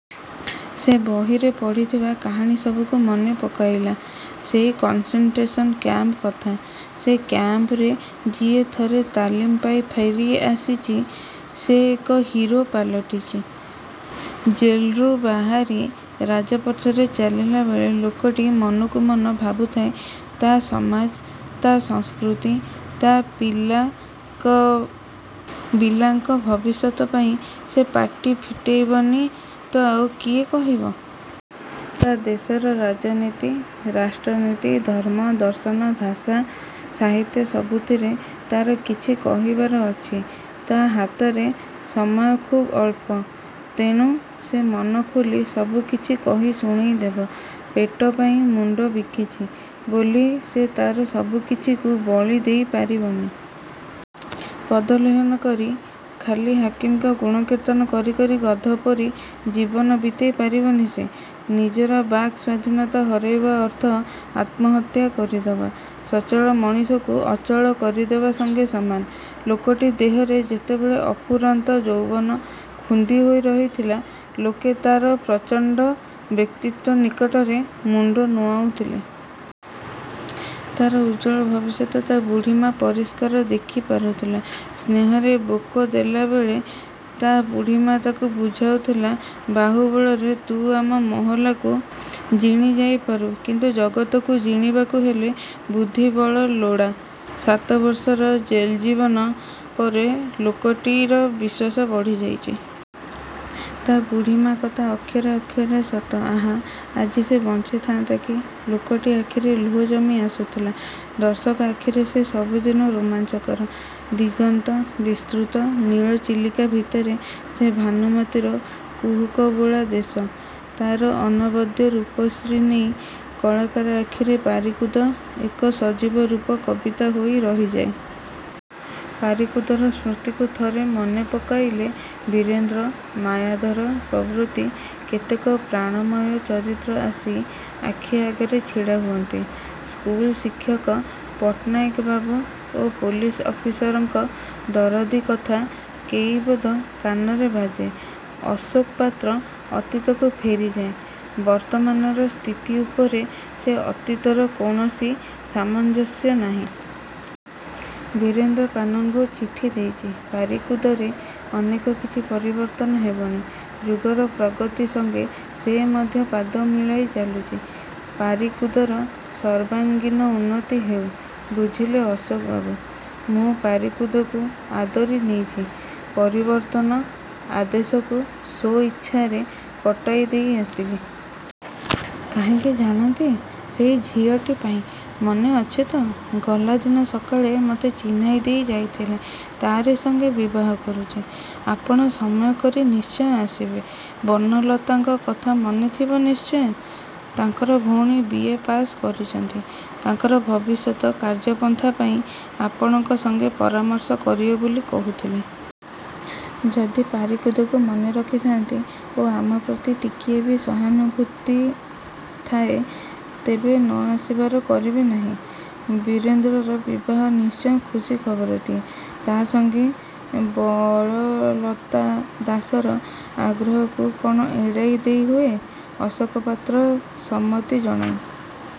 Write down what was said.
ସେ ବହିରେ ପଢ଼ିଥିବା କାହାଣୀ ସବୁକୁ ମନେ ପକାଇଲା। ସେଇ କନ୍ସେନଟ୍ରେସନ୍ କ୍ୟାମ୍ପ କଥା। ସେ କ୍ୟାମ୍ପରେ ଯିଏ ଥରେ ତାଲିମ ପାଇ ଫେରି ଆସିଛି ସେ ଏକ, 'ହୀରୋ' ପାଲଟିଛି। ଜେଲ୍ରୁ ବାହାରି ରାଜପଥରେ ଚାଲିଲାବେଳେ ଲୋକଟି ମନକୁ ମନ ଭାବୁଥାଏ, ତା' ସମାଜ, ତା' ସଂସ୍କୃତି, ତା' ପିଲାକବିଲାଙ୍କ ଭବିଷ୍ୟତ ପାଇଁ ସେ ପାଟି ଫିଟେଇବନି ତ ଆଉ କିଏ କହିବ। ତା' ଦେଶର ରାଜନୀତି, ରାଷ୍ଟ୍ରନୀତି, ଧର୍ମ, ଦର୍ଶନ, ଭାଷା, ସାହିତ୍ୟ ସବୁଥିରେ ତା'ର କିଛି କହିବାର ଅଛି। ତା' ହାତରେ ସମୟ ଖୁବ୍ ଅଳ୍ପ। ତେଣୁ ସେ ମନଖୋଲି ସବୁକିଛି କହି ଶୁଣେଇ ଦେବ। ପେଟ ପାଇଁ ମୁଣ୍ତ ବିକିଛି ବୋଲି ସେ ତା'ର ସବୁକିଛିକୁ ବଳିଦେଇ ପାରିବନି। ପଦଲେହନ କରି, ଖାଲି ହାକିମଙ୍କ ଗୁଣକୀର୍ତ୍ତନ କରି କରି ଗଧପରି ଜୀବନ ବିତେଇ ପାରିବନି ସେ। ନିଜର ବାକ୍ ସ୍ୱାଧୀନତା ହରେଇ ବସିବା ଅର୍ଥ, ଆତ୍ମହତ୍ୟା କରିଦେବା। ସଚଳ ମଣିଷକୁ ଅଚଳ କରିଦେବା ସଙ୍ଗେ ସମାନ। ଲୋକଟି ଦେହରେ ଯେତେବେଳେ ଅଫୁରନ୍ତ ଯୌବନ ଖୁନ୍ଦି ହୋଇ ରହିଥିଲା, ଲୋକେ ତା'ର ପ୍ରଚଣ୍ଡ ବ୍ୟକ୍ତିତ୍ୱ ନିକଟରେ ମୁଣ୍ଡ ନୁଆଁଉଥିଲେ। ତା'ର ଉଜ୍ଜ୍ୱଳ ଭବିଷ୍ୟତ ତା' ବୁଢ଼ୀମା' ପରିଷ୍କାର ଦେଖି ପାରୁଥିଲା। ସ୍ନେହରେ ବୋକ ଦେଲାବେଳେ ତା' ବୁଢ଼ୀମା' ତାକୁ ବୁଝାଉଥିଲା, ''ବାହୁବଳରେ ତୁ ଆମ ମହଲାକୁ ଜିଣିଯାଇପାରୁ କିନ୍ତୁ ଜଗତକୁ ଜିଣିବାକୁ ହେଲେ ବୁଦ୍ଧିବଳ ଲୋଡ଼ା। '' ସାତ ବର୍ଷର ଜେଲ୍ଜୀବନ ପରେ ଲୋକଟିର ବିଶ୍ୱାସ ବଢ଼ିଯାଇଛି। ତା' ବୁଢ଼ୀମା' କଥା ଅକ୍ଷରେ ଅକ୍ଷରେ ସତ। ଆହାଃ, ଆଜି ସେ ବଞ୍ଚିଥାନ୍ତା କି? ଲୋକଟି ଆଖିରେ ଲୁହ ଜମି ଆସୁଥିଲା। ଦର୍ଶକ ଆଖିରେ ସେ ସବୁଦିନ ରୋମାଞ୍ଚକର। ଦିଗନ୍ତ ବିସ୍ତୃତ ନୀଳ ଚିଲିକା ଭିତରେ ସେ ଭାନୁମତୀର କୁହୁକ ବୋଳା ଦେଶ। ତାର ଅନବଦ୍ୟ ରୂପଶ୍ରୀ ନେଇ କଳାକାର ଆଖିରେ ପାରିକୁଦ ଏକ ସଜୀବ ରୂପ କବିତା ହୋଇ ରହିଯାଏ। ପାରିକୁଦର ସ୍ମୃତିକୁ ଥରେ ମନେ ପକାଇଲେ; ବୀରେନ୍ଦ୍ର, ମାୟାଧର ପ୍ରଭୃତି କେତେକ ପ୍ରାଣମୟ ଚରିତ୍ର ଆସି ଆଖି ଆଗରେ ଛିଡ଼ା ହୁଅନ୍ତି। ସ୍କୁଲ ଶିକ୍ଷକ ପଟ୍ଟନାୟକ ବାବୁ ଓ ପୋଲିସ ଅଫିସରଙ୍କ ଦରଦୀ କଥା କେଇପଦ କାନରେ ବାଜେ। ଅଶୋକ ପାତ୍ର ଅତୀତକୁ ଫେରିଯାଏ। ବର୍ତ୍ତମାନର ସ୍ଥିତି ଉପରେ ସେ ଅତୀତର କୌଣସି ସାମଞ୍ଜସ୍ୟ ନାହିଁ। ବୀରେନ୍ଦ୍ର କାନୁନ୍ଗୋ ଚିଠି ଦେଇଛି। ପାରିକୁଦରେ ଅନେକ କିଛି ପରିବର୍ତ୍ତନ ହେବଣି-। ଯୁଗର ପ୍ରଗତି ସଙ୍ଗେ ସେ ମଧ୍ୟ ପାଦ ମିଳାଇ ଚାଲୁଛି। ପାରିକୁଦର ସର୍ବାଙ୍ଗୀନ ଉନ୍ନତି ହେଉ-। ''ବୁଝିଲେ ଅଶୋକ ବାବୁ, ମୁଁ ପାରିକୁଦକୁ ଆଦରି ନେଇଛି। ପରିବର୍ତ୍ତନ ଆଦେଶକୁ ସ୍ୱଇଚ୍ଛାରେ କଟାଇ ଦେଇ ଆସିଲି। କାହିଁକି ଜାଣନ୍ତି? ସେଇ ଝିଅଟି ପାଇଁ। ମନେ ଅଛିତ? ଗଲାଦିନ ସକାଳେ ମୋତେ ଚିହ୍ନାଇ ଦେଇ ଯାଇଥିଲେ! ତାରି ସଙ୍ଗେ ବିବାହ କରୁଛିଁ। ଆପଣ ସମୟ କରି ନିଶ୍ଚୟ ଆସିବେ। ବନଲତାଙ୍କ କଥା ମନେଥିବ ନିଶ୍ଚୟ! ତାଙ୍କ ଭଉଣୀ ବି. ଏ. ପାଶ କରିଛନ୍ତି। ତାଙ୍କର ଭବିଷ୍ୟତ କାର୍ଯ୍ୟପନ୍ଥା ପାଇଁ ଆପଣଙ୍କ ସଙ୍ଗେ ପରାମର୍ଶ କରିବେ ବୋଲି କହୁଥିଲେ। ଯଦି ପାରିକୁଦକୁ ମନେ ରଖିଥାନ୍ତି ଓ ଆମପ୍ରତି ଟିକିଏ ବି' ସହାନୁଭୂତି ଥାଏ, ତେବେ ନ ଆସିବାର କରିବେ ନାହିଁ। '' ବୀରେନ୍ଦ୍ରର ବିବାହ ନିଶ୍ଚୟ ଖୁସି ଖରବଟିଏ। ତା ସଙ୍ଗେ ବଳଲତା ଦାସର ଆଗ୍ରହକୁ କଣ ଏଡ଼ାଇ ଦେଇ ହୁଏ? ଅଶୋକ ପାତ୍ର ସମ୍ମତି ଜଣାଇ